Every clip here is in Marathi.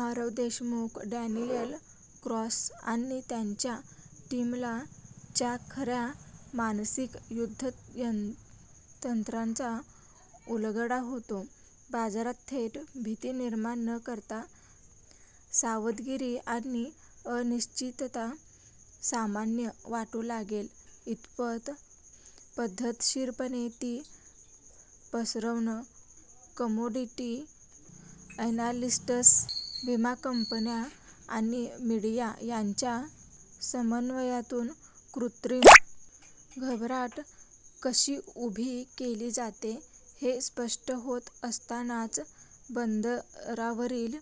आरव देशमुख, डॅनियल क्रॉस आणि त्यांच्या टीमला च्या खऱ्या मानसिक युद्धतंत्राचा उलगडा होतो. बाजारात थेट भीती निर्माण न करता, "सावधगिरी" आणि "अनिश्चितता" सामान्य वाटू लागेल इतपत पद्धतशीरपणे ती पसरवणं. कमोडिटी अॅनालिस्ट्स, विमा कंपन्या आणि मीडिया यांच्या समन्वयातून कृत्रिम घबराट कशी उभी केली जाते, हे स्पष्ट होत असतानाच बंदरांवरील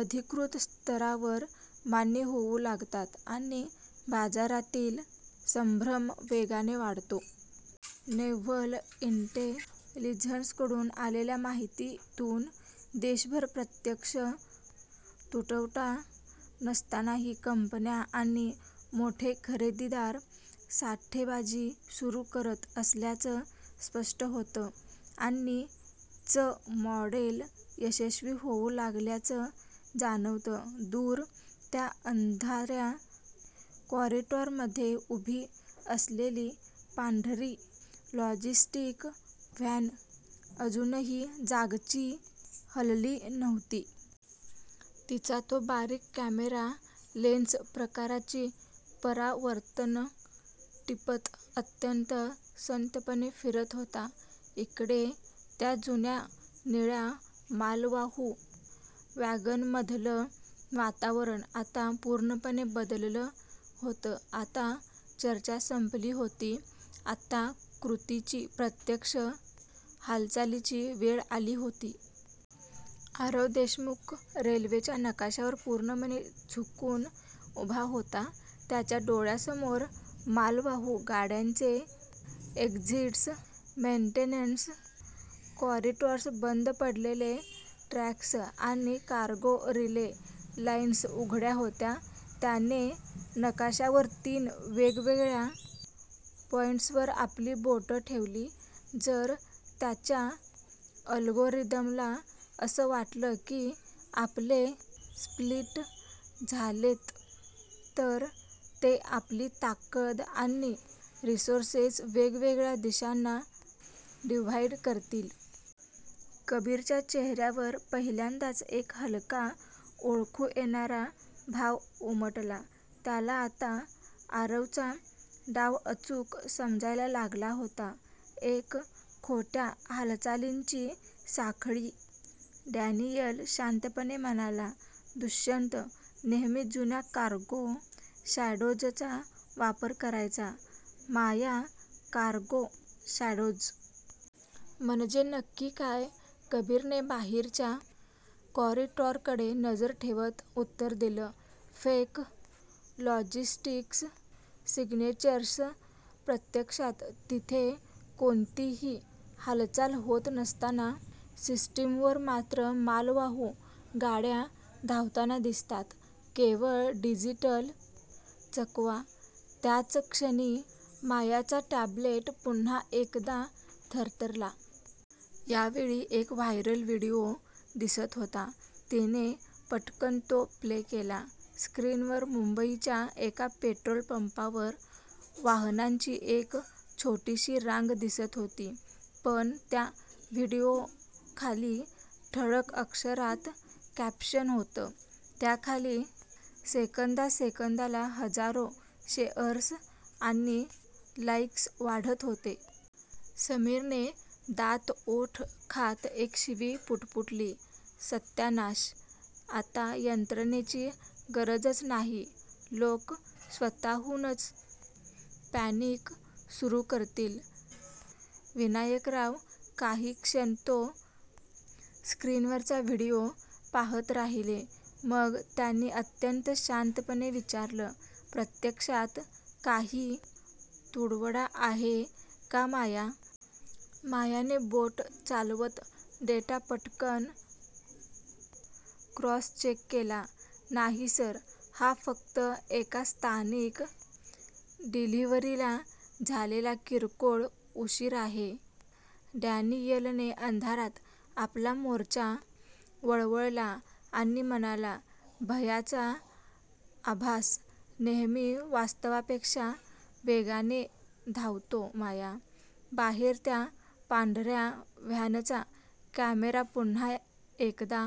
अधिकृत स्तरावर मान्य होऊ लागतात आणि बाजारातील संभ्रम वेगाने वाढतो. नेव्हल इंटेलिजन्सकडून आलेल्या माहितीतून देशभर प्रत्यक्ष तुटवडा नसतानाही कंपन्या आणि मोठे खरेदीदार साठेबाजी सुरू करत असल्याचं स्पष्ट होतं, आणि चं मॉडेल यशस्वी होऊ लागल्याचं जाणवतं. दूर त्या अंधाऱ्या कॉरिडॉरमध्ये उभी असलेली पांढरी लॉजिस्टिक्स व्हॅन अजूनही जागची हलली नव्हती. तिचा तो बारीक कॅमेरा लेन्स प्रकाशाची परावर्तनं टिपत अत्यंत संथपणे फिरत होता. इकडे, त्या जुन्या निळ्या मालवाहू वॅगनमधलं वातावरण आता पूर्णपणे बदललं होतं. आता चर्चा संपली होती. आता कृतीची, प्रत्यक्ष हालचालीची वेळ आली होती. आरव देशमुख रेल्वेच्या नकाशावर पूर्णपणे झुकून उभा होता. त्याच्या डोळ्यांसमोर मालवाहू गाड्यांचे एक्झिट्स, मेन्टेनन्स कॉरिडॉर्स, बंद पडलेले ट्रॅक्स आणि कार्गो रिले लाईन्स उघड्या होत्या. त्याने नकाशावर तीन वेगवेगळ्या पॉइंट्सवर आपली बोटं ठेवली, "जर त्यांच्या अल्गोरिदमला असं वाटलं की आपले स्प्लिट झालेत तर ते आपली ताकद आणि रिसोर्सेस वेगवेगळ्या दिशांना डिव्हाईड करतील." कबीरच्या चेहऱ्यावर पहिल्यांदाच एक हलका, ओळखू येणारा भाव उमटला. त्याला आता आरवचा डाव अचूक समजायला लागला होता. "एक खोट्या हालचालींची साखळी." डॅनियल शांतपणे म्हणाला, "दुष्यंत नेहमी जुन्या कार्गो शॅडोजचा वापर करायचा. " माया,"कार्गो शॅडोज? म्हणजे नक्की काय? " कबीरने बाहेरच्या कॉरिडॉरकडे नजर ठेवत उत्तर दिलं, "फेक लॉजिस्टिक्स सिग्नेचर्स. प्रत्यक्षात तिथे कोणतीही हालचाल होत नसताना, सिस्टीमवर मात्र मालवाहू गाड्या धावताना दिसतात. केवळ डिजिटल चकवा! " त्याच क्षणी मायाचा टॅब्लेट पुन्हा एकदा थरथरला. यावेळी एक व्हायरल व्हिडिओ दिसत होता. तिने पटकन तो प्ले केला. स्क्रीनवर मुंबईच्या एका पेट्रोल पंपावर वाहनांची एक छोटीशी रांग दिसत होती. पण त्या व्हिडिओखाली ठळक अक्षरात कॅप्शन होतं. त्याखाली सेकंदासेकंदाला हजारो शेअर्स आणि लाईक्स वाढत होते. समीरने दात ओठ खात एक शिवी पुटपुटली, "सत्यानाश! आता यंत्रणेची गरजच नाही. लोक स्वतःहूनच पॅनिक सुरू करतील." विनायकराव काही क्षण तो स्क्रीनवरचा व्हिडिओ पाहत राहिले. मग त्यांनी अत्यंत शांतपणे विचारलं, "प्रत्यक्षात काही तुटवडा आहे का माया?" मायाने बोटं चालवत डेटा पटकन क्रॉस-चेक केला, "नाही सर. हा फक्त एका स्थानिक डिलिव्हरीला झालेला किरकोळ उशीर आहे." डॅनियलने अंधारात आपला मोर्चा वळवला आणि म्हणाला, "भयाचा आभास नेहमी वास्तवापेक्षा वेगाने धावतो माया." बाहेर, त्या पांढऱ्या व्हॅनचा कॅमेरा पुन्हा एकदा